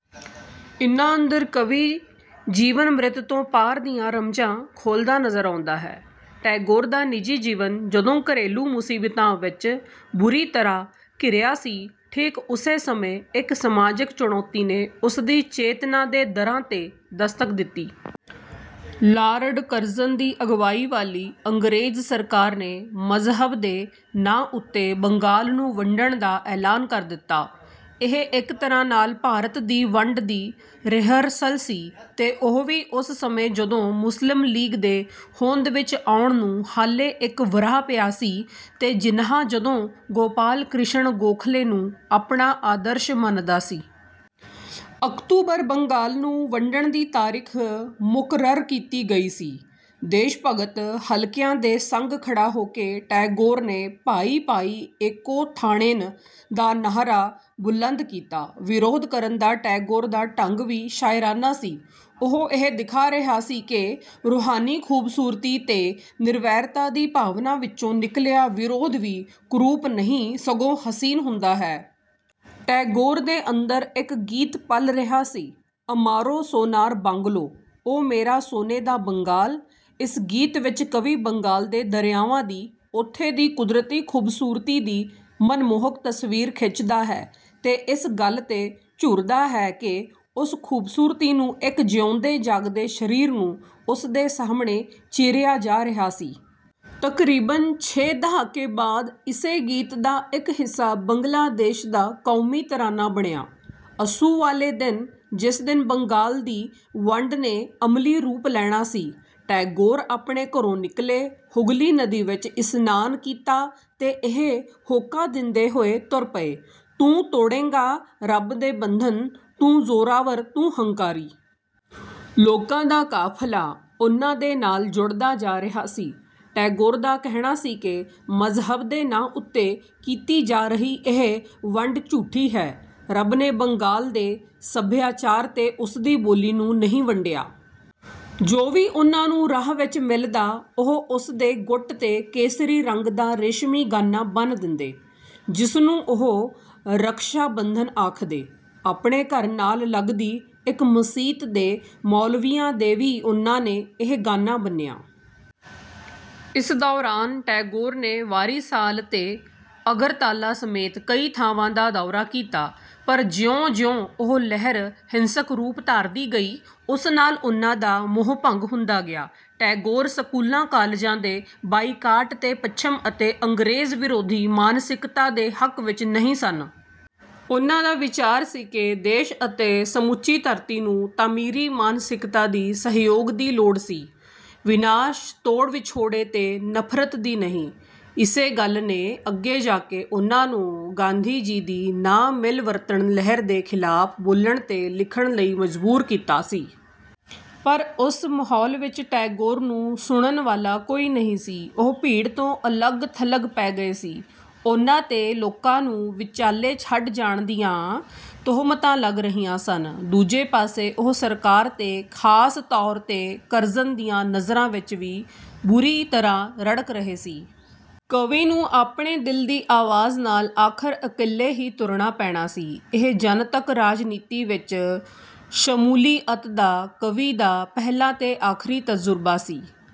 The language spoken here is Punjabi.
ਇਨ੍ਹਾ ਅੰਦਰ ਕਵੀ ਜੀਵਨ-ਮ੍ਰਿਤੂ ਤੋਂ ਪਾਰ ਦੀਆਂ ਰਮਜਾਂ ਖੋਲਦਾ ਨਜ਼ਰ ਆਉਂਦਾ ਹੈ। ਟੈਗੋਰ ਦਾ ਨਿਜੀ ਜੀਵਨ ਜਦੋਂ ਘਰੇਲੂ ਮੁਸੀਬਤਾਂ ਵਿੱਚ ਬੁਰੀ ਤਰ੍ਹਾ ਘਿਰਿਆ ਸੀ, ਠੀਕ ਉਸੇ ਸਮੇਂ ਇੱਕ ਸਮਾਜਿਕ ਚੁਣੌਤੀ ਨੇ ਉਸਦੀ ਚੇਤਨਾ ਦੇ ਦਰਾਂ 'ਤੇ ਦਸਤਕ ਦਿੱਤੀ। ਲ਼ਾਰਡ ਕਰਜ਼ਨ ਦੀ ਅਗਵਾਈ ਵਾਲੀ ਅੰਗਰੇਜ਼ ਸਰਕਾਰ ਨੇ ਮਜ਼ਹਬ ਦੇ ਨਾਂ ਉੱਤੇ ਬੰਗਾਲ ਨੂੰ ਵੰਡਣ ਦਾ ਐਲਾਨ ਕਰ ਦਿੱਤਾ। ਇਹ ਇੱਕ ਤਰ੍ਹਾਂ ਨਾਲ ਭਾਰਤ ਦੀ ਵੰਡ ਦੀ ਰਿਹਰਸਲ ਸੀ ਤੇ ਉਹ ਵੀ ਉਸ ਸਮੇਂ ਜਦੋਂ ਮੁਸਲਿਮ ਲੀਗ ਦੇ ਹੋਂਦ ਵਿੱਚ ਆਉਣ ਨੂੰ ਹਾਲੇ ਇੱਕ ਵਰ੍ਹਾ ਪਿਆ ਸੀ, ਤੇ ਜਿਨਾਹ ਜਦੋਂ ਗੋਪਾਲ ਕ੍ਰਿਸ਼ਣ ਗੋਖਲੇ ਨੂੰ ਆਪਣਾ ਆਦਰਸ਼ ਮੰਨਦਾ ਸੀ। ਅਕਤੂਬਰ ਬੰਗਾਲ ਨੂੰ ਵੰਡਣ ਦੀ ਤਾਰੀਖ ਮੁਕਰਰ ਕੀਤੀ ਗਈ ਸੀ। ਦੇਸ਼ਭਗਤ ਹਲਕਿਆਂ ਦੇ ਸੰਗ ਖੜਾ ਹੋ ਕੇ ਟੈਗੋਰ ਨੇ "ਭਾਈ-ਭਾਈ ਏਕੋ ਥਾਣੇਨ" ਦਾ ਨਾਹਰਾ ਬੁਲੰਦ ਕੀਤਾ। ਵਿਰੋਧ ਕਰਨ ਦਾ ਟੈਗੋਰ ਦਾ ਢੰਗ ਵੀ ਸ਼ਾਇਰਾਨਾ ਸੀ, ਉਹ ਇਹ ਦਿਖਾ ਰਿਹਾ ਸੀ ਕਿ ਰੂਹਾਨੀ ਖੂਬਸੂਰਤੀ ਤੇ ਨਿਰਵੈਰਤਾ ਦੀ ਭਾਵਨਾ ਵਿੱਚੋਂ ਨਿਕਲਿਆ ਵਿਰੋਧ ਵੀ ਕੁਰੂਪ ਨਹੀਂ ਸਗੋਂ ਹਸੀਨ ਹੁੰਦਾ ਹੈ। ਟੈਗੋਰ ਦੇ ਅੰਦਰ ਇੱਕ ਗੀਤ ਪਲ ਰਿਹਾ ਸੀ, "ਅਮਾਰੋ ਸੋਨਾਰ ਬਾਂਗਲੋ"—ਓ ਮੇਰਾ ਸੋਨੇ ਦਾ ਬੰਗਾਲ। ਇਸ ਗੀਤ ਵਿੱਚ ਕਵੀ ਬੰਗਾਲ ਦੇ ਦਰਿਆਵਾਂ ਦੀ, ਉੱਥੇ ਦੀ ਕੁਦਰਤੀ ਖੂਬਸੂਰਤੀ ਦੀ ਮਨਮੋਹਕ ਤਸਵੀਰ ਖਿੱਚਦਾ ਹੈ ਤੇ ਇਸ ਗੱਲ 'ਤੇ ਝੂਰਦਾ ਹੈ ਕਿ ਉਸ ਖੂਬਸੂਰਤੀ ਨੂੰ ਇੱਕ ਜਿਉਂਦੇ-ਜਾਗਦੇ ਸ਼ਰੀਰ ਨੂੰ ਉਸਦੇ ਸਾਹਮਣੇ ਚੀਰਿਆ ਜਾ ਰਿਹਾ ਸੀ। ਤਕਰੀਬਨ ਛੇ ਦਹਾਕੇ ਬਾਦ ਇਸੇ ਗੀਤ ਦਾ ਇੱਕ ਹਿੱਸਾ ਬੰਗਲਾ ਦੇਸ਼ ਦਾ ਕੌਮੀ ਤਰਾਨਾ ਬਣਿਆ। ਅੱਸੂ ਵਾਲੇ ਦਿਨ ਜਿਸ ਦਿਨ ਬੰਗਾਲ ਦੀ ਵੰਡ ਨੇ ਅਮਲੀ ਰੂਪ ਲੈਣਾ ਸੀ, ਟੈਗੋਰ ਆਪਣੇ ਘਰੋਂ ਨਿਕਲੇ, ਹੁਗਲੀ ਨਦੀ ਵਿੱਚ ਇਸਨਾਨ ਕੀਤਾ ਤੇ ਇਹ ਹੋਕਾ ਦਿੰਦੇ ਹੋਏ ਤੁਰ ਪਏ, "ਤੂੰ ਤੋੜੇਂਗਾ ਰੱਬ ਦੇ ਬੰਧਨ, ਤੂੰ ਜ਼ੋਰਾਵਰ ਤੂੰ ਹੰਕਾਰੀ...। " ਲੋਕਾਂ ਦਾ ਕਾਫ਼ਿਲਾ ਉਨ੍ਹਾ ਦੇ ਨਾਲ ਜੁੜਦਾ ਜਾ ਰਿਹਾ ਸੀ। ਟੈਗੋਰ ਦਾ ਕਹਿਣਾ ਸੀ ਕਿ ਮਜ਼ਹਬ ਦੇ ਨਾਂ ਉੱਤੇ ਕੀਤੀ ਜਾ ਰਹੀ ਇਹ ਵੰਡ ਝੂਠੀ ਹੈ, ਰੱਬ ਨੇ ਬੰਗਾਲ ਦੇ ਸਭਿਆਚਾਰ ਤੇ ਉਸਦੀ ਬੋਲੀ ਨੂੰ ਨਹੀਂ ਵੰਡਿਆ। ਜੋ ਵੀ ਉਨ੍ਹਾ ਨੂੰ ਰਾਹ ਵਿੱਚ ਮਿਲਦਾ ਉਹ ਉਸਦੇ ਗੁੱਟ ਤੇ ਕੇਸਰੀ ਰੰਗ ਦਾ ਰੇਸ਼ਮੀ ਗਾਨਾਂ ਬੰਨ ਦਿੰਦੇ, ਜਿਸਨੂੰ ਉਹ "ਰਖਸ਼ਾ-ਬੰਧਨ" ਆਖਦੇ। ਆਪਣੇ ਘਰ ਨਾਲ ਲਗਦੀ ਇੱਕ ਮਸੀਤ ਦੇ ਮੌਲਵੀਆਂ ਦੇ ਵੀ ਉਨ੍ਹਾ ਨੇ ਇਹ ਗਾੰਨਾ ਬੰਨਿਆ। ਇਸ ਦੌਰਾਨ ਟੈਗੋਰ ਨੇ ਵਾਰੀਸਾਲ ਤੇ ਅਗਰਤਾਲਾ ਸਮੇਤ ਕਈ ਥਾਵਾਂ ਦਾ ਦੌਰਾ ਕੀਤਾ ਪਰ ਜਿਉਂ-ਜਿਉਂ ਉਹ ਲਹਿਰ ਹਿੰਸਕ ਰੂਪ ਧਾਰਦੀ ਗਈ, ਉਸ ਨਾਲ ਉਨ੍ਹਾ ਦਾ ਮੋਹ ਭੰਗ ਹੁੰਦਾ ਗਿਆ। ਟੈਗੋਰ ਸਕੂਲਾ-ਕਾਲਜਾਂ ਦੇ ਬਾਈਕਾਟ ਤੇ ਪੱਛਮ ਅਤੇ ਅੰਗਰੇਜ਼ ਵਿਰੋਧੀ ਮਾਨਸਿਕਤਾ ਦੇ ਹੱਕ ਵਿੱਚ ਨਹੀਂ ਸਨ। ਉਨ੍ਹਾ ਦਾ ਵਿਚਾਰ ਸੀ ਕਿ ਦੇਸ਼ ਅਤੇ ਸਮੁੱਚੀ ਧਰਤੀ ਨੂੰ ਤਾਮੀਰੀ ਮਾਨਸਿਕਤਾ ਦੀ ਸਹਿਯੋਗ ਦੀ ਲੋੜ ਸੀ, ਵਿਨਾਸ਼, ਤੋੜ-ਵਿਛੋੜੇ ਤੇ ਨਫ਼ਰਤ ਦੀ ਨਹੀਂ। ਇਸੇ ਗੱਲ ਨੇ ਅੱਗੇ ਜਾ ਕੇ ਉਨ੍ਹਾ ਨੂੰ ਗਾਂਧੀ ਜੀ ਦੀ ਨਾ-ਮਿਲਵਰਤਣ ਲਹਿਰ ਦੇ ਖਿਲਾਫ਼ ਬੋਲਣ ਤੇ ਲਿਖਣ ਲਈ ਮਜਬੂਰ ਕੀਤਾ ਸੀ। ਪਰ ਉਸ ਮਹੌਲ ਵਿੱਚ ਟੈਗੋਰ ਨੂੰ ਸੁਣਨ ਵਾਲਾ ਕੋਈ ਨਹੀਂ ਸੀ। ਉਹ ਭੀੜ ਤੋਂ ਅਲਗ-ਥਲਗ ਪੈ ਗਏ ਸੀ, ਉਨ੍ਹਾ 'ਤੇ ਲੋਕਾਂ ਨੂੰ ਵਿਚਾਲੇ ਛੱਡ ਜਾਣ ਦੀਆਂ ਤੋਹਮਤਾਂ ਲਗ ਰਹੀਆਂ ਸਨ। ਦੂਜੇ ਪਾਸੇ ਉਹ ਸਰਕਾਰ ਤੇ ਖਾਸ ਤੌਰ 'ਤੇ ਕਰਜ਼ਨ ਦੀਆਂ ਨਜ਼ਰਾਂ ਵਿੱਚ ਵੀ ਬੁਰੀ ਤਰ੍ਹਾਂ ਰੜਕ ਰਹੇ ਸੀ। ਕਵੀ ਨੂੰ ਆਪਣੇ ਦਿਲ ਦੀ ਆਵਾਜ਼ ਨਾਲ ਆਖਿਰ ਇੱਕਲੇ ਹੀ ਤੁਰਨਾ ਪੈਣਾ ਸੀ। ਇਹ ਜਨਤਕ ਰਾਜਨੀਤੀ ਵਿੱਚ ਸ਼ਮੂਲੀਅਤ ਦਾ ਕਵੀ ਦਾ ਪਹਿਲਾ ਤੇ ਆਖਰੀ ਤਜ਼ੁਰਬਾ ਸੀ।